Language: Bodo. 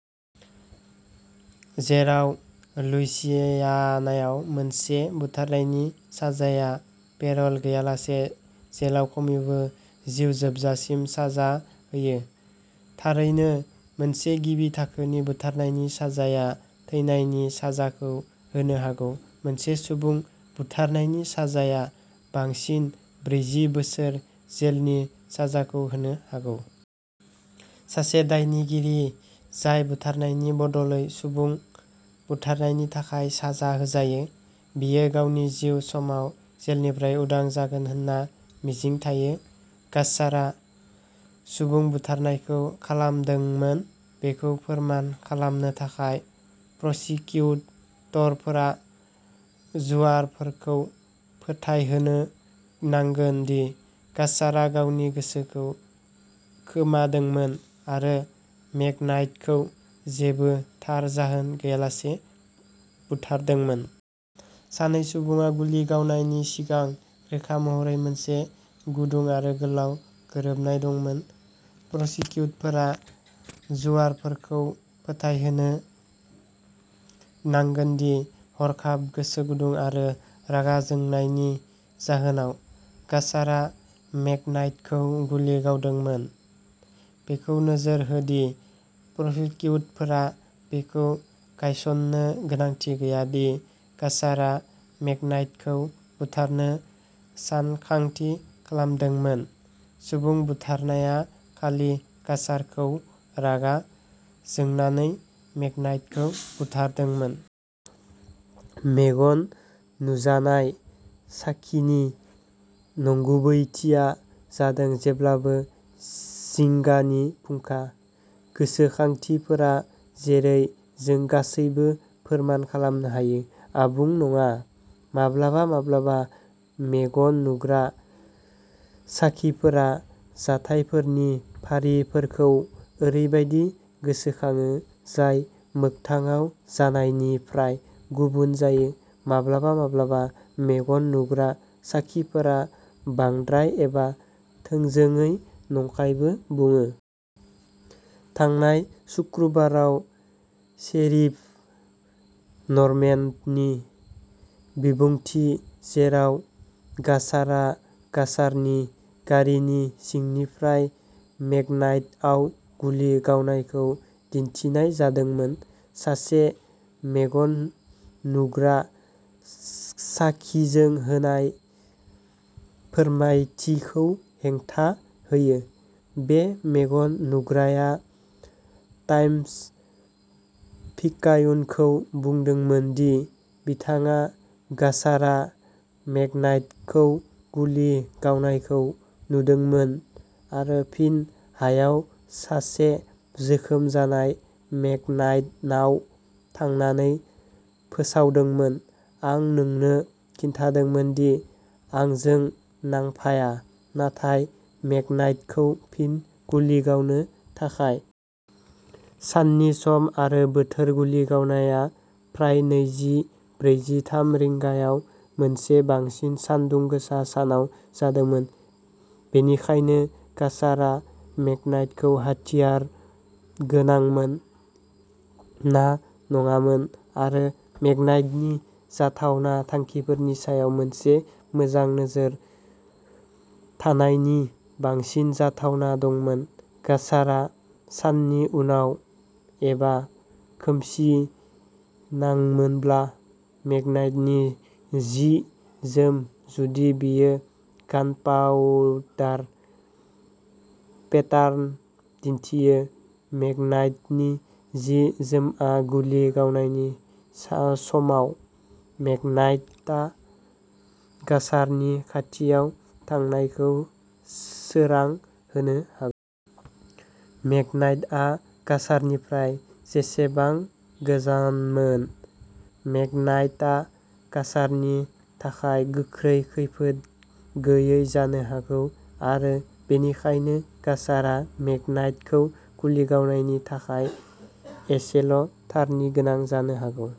जेराव लुइसियानायाव मोनसे बुथारनायनि साजाया पेर'ल गैयालासे जेलाव खमैबो जिउ जोबजासिम साजा होयो। थारैनो, मोनसे गिबि थाखोनि बुथारनायनि साजाया थैनायनि साजाखौ होनो हागौ मोनसे सुबुं बुथारनायनि साजाया बांसिन ब्रैजि बोसोर जेलनि साजाखौ होनो हागौ। सासे दायनिगिरि जाय बुथारनायनि बदलै सुबुं बुथारनायनि थाखाय साजा होजायो, बियो गावनि जिउ समाव जेलनिफ्राय उदां जागोन होनना मिजिं थायो। गास्सारा सुबुं बुथारनायखौ खालामदोंमोन बेखौ फोरमान खालामनो थाखाय, प्रसिकिउटरफोरा जुआरफोरखौ फोथायहोनो नांगोन दि गास्सारा गावनि गोसोखौ खोमादोंमोन आरो मेकनाइटखौ जेबो थार जाहोन गैयालासे बुथारदोंमोन। सानै सुबुङा गुलि गावनायनि सिगां रोखा महरै मोनसे गुदुं आरो गोलाव गोरोबनाय दंमोन। प्रसिकिउटफोरा जुआरफोरखौ फोथायहोनो नांगोन दि, हरखाब गोसो गुदुं आरो रागा जोंनायनि जाहोनाव, गास्सारा मेकनाइटखौ गुलि गावदोंमोन। बेखौ नोजोर हो दि प्रसिकिउटफोरा बेखौ गायसननो गोनांथि गैया दि गास्सारा मेकनाइटखौ बुथारनो सानखांथि खालामदोंमोन सुबुं बुथारनाया खालि गास्सारखौ रागा जोंनानै मेकनाइटखौ बुथारदोंमोन। मेगन नुजानाय साखिनि नंगुबैथिया जादों जेब्लाबो जिंगानि फुंखा। गोसोखांथिफोरा, जेरै जों गासैबो फोरमान खालामनो हायो, आबुं नङा। माब्लाबा माब्लाबा मेगन नुग्रा साखिफोरा जाथायफोरनि फारिफोरखौ ओरैबायदि गोसोखाङो जाय मोगथाङाव जानायनिफ्राय गुबुन जायो। माब्लाबा माब्लाबा मेगन नुग्रा साखिफोरा बांद्राय एबा थोंजोङै नंखायबो बुङो। थांनाय सुक्रुबाराव शेरिफ नर्मेन्डनि बिबुंथि, जेराव गास्सारा गास्सारनि गारिनि सिंनिफ्राय मेकनाइटआव गुलि गावनायखौ दिन्थिनाय जादोंमोन, सासे मेगन नुग्रा साखिजों होनाय फोरमायथिखौ हेंथा होयो। बे मेगन नुग्राया टाइम्स पिकायुनखौ बुंदोंमोन दि बिथाङा गास्सारा मेकनाइटखौ गुलि गावनायखौ नुदोंमोन आरो फिन हायाव सासे जोखोम जानाय मेकनाइटनाव थांनानै फोसावदोंमोन, "आं नोंनो खिन्थादोंमोन दि आंजों नांफाया", नाथाय मेकनाइटखौ फिन गुलि गावनो थाखाय। साननि सम आरो बोथोर गुलि गावनाया प्राय नैजि ब्रैजि थाम रिंगायाव मोनसे बांसिन सान्दुं गोसा सानाव जादोंमोन। बेनिखायनो, गास्सारा मेकनाइटखौ हाथियारगोनांमोन ना नङामोन, आरो मेकनाइटनि जाथावना थांखिफोरनि सायाव मोनसे मोजां नोजोर थानायनि बांसिन जाथावना दंमोन, गास्सारा साननि उनाव एबा खोमसिनांमोनब्ला मेकनाइटनि जि जोम जुदि बेयो गानपाउडार पेटार्न दिन्थियो, मेकनाइटनि जि जोमआ गुलि गावनायनि समाव मेकनाइटा गास्सारनि खाथियाव थांनायखौ सोरां होनो हाग -- मेकनाइटआ गास्सारनिफ्राय जेसेबां गोजानमोन, मेकनाइटा गास्सारनि थाखाय गोख्रै खैफोद गैयै जानो हागौ आरो बेनिखायनो गास्सारा मेकनाइटखौ गुलि गावनायनि थाखाय एसेल' थारनि गोनां जानो हागौ।